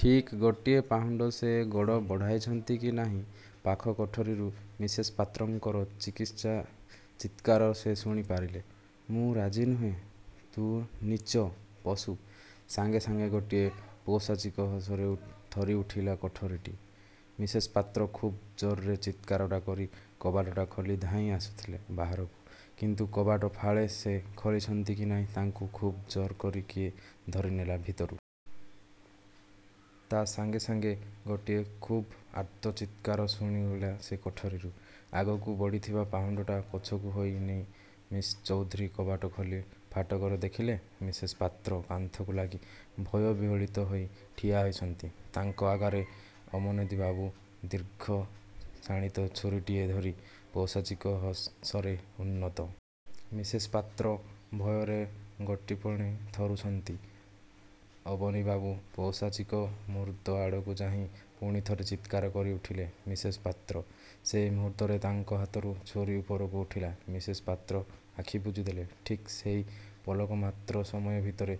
ଠିକ୍ ଗୋଟିଏ ପାହୁଣ୍ଡ ସେ ଗୋଡ଼ ବଢ଼ାଇଛନ୍ତି କି ନାହିଁ ପାଖ କୋଠରୀରୁ ମିସେସ୍ ପାତ୍ରଙ୍କର ଚିତ୍କାର ସେ ଶୁଣି ପାରିଲେ। ''ମୁଁ ରାଜି ନୁହେଁ; ତୁ ନୀଚ, ପଶୁ! '' ସାଙ୍ଗେ ସାଙ୍ଗେ ଗୋଟାଏ ପୈଶାଚିକ ହସରେ ଥରି ଉଠିଲା କୋଠରୀଟା। ମିସେସ୍ ପାତ୍ର ଖୁବ୍ ଜୋର୍ରେ ଚିତ୍କାରଟାଏ କରି କବାଟଟା ଖୋଲି ଧାଇଁ ଆସୁଥିଲେ ବାହାରକୁ, କିନ୍ତୁ କବାଟର ଫାଳେ ସେ ଖୋଲିଛନ୍ତି କି ନାହିଁ, ତାଙ୍କୁ ଖୁବ୍ ଜୋର୍ରେ କିଏ ଧରିନେଲା ଭିତରୁ। ତା' ସାଙ୍ଗେ ସାଙ୍ଗେ ଗୋଟାଏ ଖୁବ୍ ଆର୍ତ୍ତ ଚିତ୍କାର ଶୁଣାଗଲା ସେ କୋଠରୀରୁ। ଆଗକୁ ବଢ଼ାଇଥିବା ପାହୁଣ୍ଡଟା ପଛକୁ ହଟାଇ ନେଇ ମି: ଚୌଧୁରୀ କବାଟର ଖୋଲା ଫାଳକରେ ଦେଖିଲେ ମିସେସ୍ ପାତ୍ର କାନ୍ଥକୁ ଲାଗି ଭୟ-ବିହ୍ୱଳିତା ହୋଇ ଠିଆ ହୋଇଛନ୍ତି। ତାଙ୍କ ଆଗରେ ଅବନୀବାବୁ ଦୀର୍ଘ ଶାଣିତ ଛୁରୀଟାଏ ଧରି ପୈଶାଚିକ ହସରେ ଉନ୍ମତ୍ତ। ମିସେସ୍ ପାତ୍ର ଭୟରେ ଗୋଟିପଣେ ଥରୁଛନ୍ତି। ଅବନୀବାବୁ ପୈଶାଚିକ ମୂର୍ତ୍ତିଆଡ଼କୁ ଚାହିଁ ପୁଣି ଥରେ ଚିତ୍କାର କରି ଉଠିଲେ ମିସେସ୍ ପାତ୍ର। ସେଇ ମୁହୂର୍ତ୍ତରେ ତାଙ୍କ ହାତର ଛୁରୀ ଉପରକୁ ଉଠିଲା। ମିସେସ୍ ପାତ୍ର ଆଖି ବୁଜିଦେଲେ-। ଠିକ୍ ସେଇ ପଲକ ମାତ୍ର ସମୟ ଭିତରେ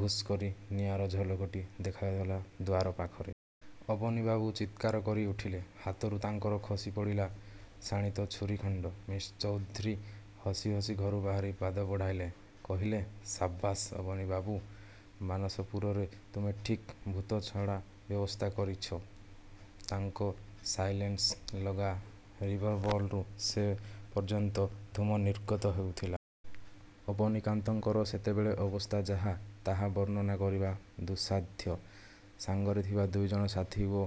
'ଭଷ୍' କରି ନିଆଁର ଝଲକ୍ଟିଏ ଦେଖାଗଲା ଦ୍ୱାର ପାଖରେ। ଅବନୀବାବୁ ଚିତ୍କାର କରି ଉଠିଲେ। ହାତରୁ ତାଙ୍କର ଖସି ପଡ଼ିଲା ଶାଣିତ ଛୁରୀଖଣ୍ଡି। ମି: ଚୌଧୁରୀ ହସୁ ହସୁ ଘର ଭିତରକୁ ପାଦ ବଢ଼ାଇ। କହିଲେ-''ସାବାସ୍ ଅବନୀବାବୁ! ମାନସପୁରୀରେ ତୁମେ ଠିକ୍ ଭୂତ ଛଡ଼ା ବ୍ୟବସ୍ଥା କରିଛ। '' ତାଙ୍କ ସାଇଲେନସ୍ର ଲଗା ରିଭଲଭରରୁ ସେ ପର୍ଯ୍ୟନ୍ତ ଧୂମ ନିର୍ଗତ ହେଉଥିଲା। ଅବନୀକାନ୍ତଙ୍କର ସେତେବେଳର ଅବସ୍ଥା ଯାହା, ତାହା ବର୍ଣ୍ଣନା କରିବା ଦୁଃସାଧ୍ୟ। ସାଙ୍ଗରେ ଥିବା ଦୁଇଜଣ ସାଥି ଓ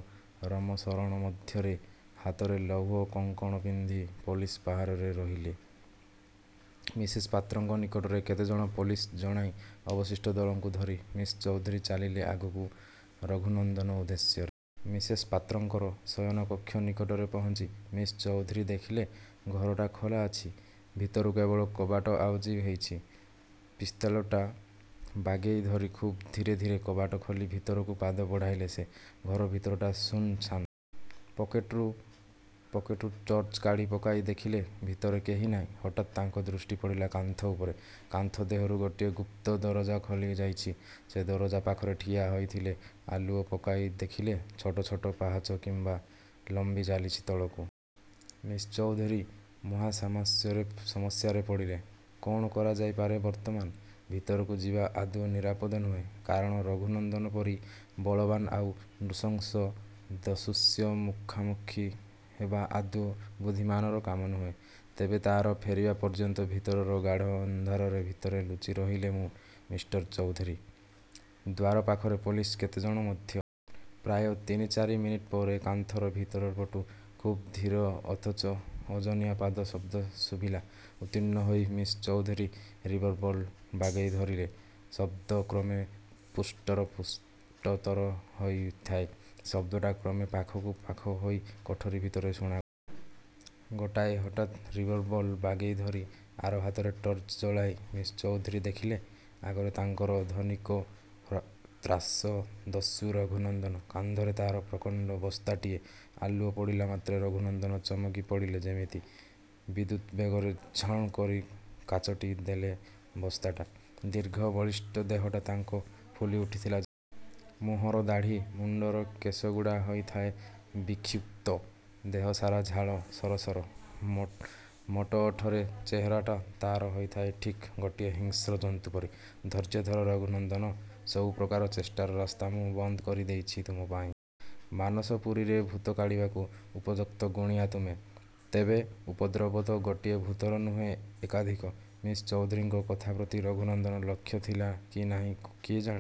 ରାମଶରଣ ମଧ୍ୟ ହାତରେ ଲୌହ କଙ୍କଣ ପିନ୍ଧି ପୋଲିସ୍ ପହରାରେ ରହିଲେ। ମିସେସ୍ ପାତ୍ରଙ୍କ ନିକଟରେ କେତେଜଣ ପୋଲିସ୍ ଜଗାଇ ଅବଶିଷ୍ଟ ଦଳଟାକୁ ଧରି ମି: ଚୌଧୁରୀ ଚାଲିଲେ ଆଗକୁ ରଘୁନନ୍ଦନ ଉଦ୍ଦେଶ୍ୟରେ। ମିସେସ୍ ପାତ୍ରଙ୍କର ଶୟନ କକ୍ଷ ନିକଟରେ ପହଞ୍ଚି ମି: ଚୌଧୁରୀ ଦେଖିଲେ ଘରଟା ଖୋଲା ଅଛି। ଭିତରୁ କେବଳ କବାଟ ଆଉଜା ହୋଇଛି। ପିସ୍ତଲଟା ବାଗେଇ ଧରି ଖୁବ୍ ଧୀରେ ଧୀରେ କବାଟ ଖୋଲି ଭିତରକୁ ପାଦ ବଢ଼ାଇଲେ ସେ। ଘର ଭିତରଟା ଶୂନ୍ ଶାନ୍। ପକେଟରୁ ଟର୍ଚ୍ଚ କାଢ଼ି ପକାଇ ଦେଖିଲେ ଭିତରେ କେହି ନାହିଁ। ହଠାତ୍ ତାଙ୍କ ଦୃଷ୍ଟି ପଡ଼ିଲା କାନ୍ଥ ଉପରେ। କାନ୍ଥ ଦେହରୁ ଗୋଟାଏ ଗୁପ୍ତ ଦରଜା ଖୋଲି ଯାଇଛି। ସେଇ ଦରଜା ପାଖରେ ଠିଆ ହେଲେ ସେ-। ଆଲୁଅ ପକାଇ ଦେଖିଲେ ଛୋଟ ଛୋଟ ପାହାଚ ଲମ୍ବି ଯାଇଚି ତଳକୁ। ମି: ଚୌଧୁରୀ ମହା ସମସ୍ୟାରେ ପଡ଼ିଲେ। ''କ'ଣ କରାଯାଇପାରେ ବର୍ତ୍ତମାନ! ଭିତରକୁ ଯିବା ଆଦୌ ନିରାପଦ ନୁହେଁ। କାରଣ ରଘୁନନ୍ଦନ ପରି ବଳବାନ ଆଉ ନୃଶଂସ ଦସ୍ୟୁର ମୁଖାମୁଖି ହେବା ଆଦୌ ବୁଦ୍ଧିମାନର କାମ ନୁହେଁ। ତେବେ ତା'ର ଫେରିବା ପର୍ଯ୍ୟନ୍ତ ଭିତରର ଗାଢ଼ ଅନ୍ଧାର ଭିତରେ ଲୁଚି ରହିଲେ ମି: ଚୌଧୁରୀ; ଦ୍ୱାର ପାଖରେ ପୋଲିସ୍ କେତେଜଣ ମଧ୍ୟ। ପ୍ରାୟ ତିନି ଚାରି ମିନିଟ୍ ପରେ କାନ୍ଥର ଭିତରପଟୁ ଖୁବ୍ ଧୀର ଅଥଚ ଓଜନିଆ ପାଦ ଶବ୍ଦ ଶୁଭିଲା। ଉତ୍କୀର୍ଣ୍ଣ ହୋଇ ମି: ଚୌଧୁରୀ ରିଭଲଭର୍ ବାଗେଇ ଧରିଲେ। ଶବ୍ଦ କ୍ରମେ ସ୍ପଷ୍ଟରୁ ସ୍ପଷ୍ଟତର ହେଉଥାଏ। ଶବ୍ଦଟା କ୍ରମେ ପାଖକୁ ପାଖ ହୋଇ କୋଠରୀ ଭିତରେ ଶୁଣାଗଲା। ଗୋଟାଏ ହାତରେ ରିଭଲଭର୍ ବାଗେଇ ଧରି ଆର ହାତରେ ଟର୍ଚ୍ଚ ଜଳାଇ ମି: ଚୌଧୁରୀ ଦେଖିଲେ, ଆଗରେ ତାଙ୍କର ଧନୀକ-ତ୍ରାସ ଦସ୍ୟୁ ରଘୁନନ୍ଦନ। କାନ୍ଧରେ ତା'ର ପ୍ରକାଣ୍ଡ ବସ୍ତାଟାଏ-। ଆଲୁଅ ପଡ଼ିଲା ମାତ୍ରେ ରଘୁନନ୍ଦନ ଚମକି ପଡ଼ିଲା ଯେମିତି। ବିଦ୍ୟୁତ୍ ବେଗରେ ଝଣ୍ କରି କଚାଡ଼ି ଦେଲା ବସ୍ତାଟା; ଦୀର୍ଘ, ବଳିଷ୍ଟ ଦେହଟା ତା'ର ଫୁଲି ଉଠୁଥାଏ ଯେପରି। ମୁହଁର ଦାଢ଼ି, ମୁଣ୍ଡର କେଶଗୁଡ଼ା ହୋଇଥାଏ ବିକ୍ଷିପ୍ତ। ଦେହ ସାରା ଝାଳ ସରସର। ମୋଟ ଉପରେ ଚେହେରାଟା ତା'ର ହୋଇଥାଏ ଠିକ୍ ଗୋଟାଏ ହିଂସ୍ର ଜନ୍ତୁ ପରି। ''ଧୈର୍ଯ୍ୟ ଧର ରଘୁନନ୍ଦନ! ସବୁ ପ୍ରକାର ଚେଷ୍ଟାର ରାସ୍ତା ମୁଁ ବନ୍ଦ କରି ଦେଇଛି ତୁମ ପାଇଁ। ମାନସପୁରୀରେ ଭୂତ କାଢ଼ିବାକୁ ଉପଯୁକ୍ତ ଗୁଣିଆ ତୁମେ। ତେବେ ଉପଦ୍ରବ ତ ଗୋଟିଏ ଭୂତର ନୁହେଁ, ଏକାଧିକ! '' ମି: ଚୌଧୁରୀଙ୍କ କଥା ପ୍ରତି ରଘୁନନ୍ଦନର ଲକ୍ଷ୍ୟ ଥିଲା କି ନାହିଁ କିଏ ଜାଣେ?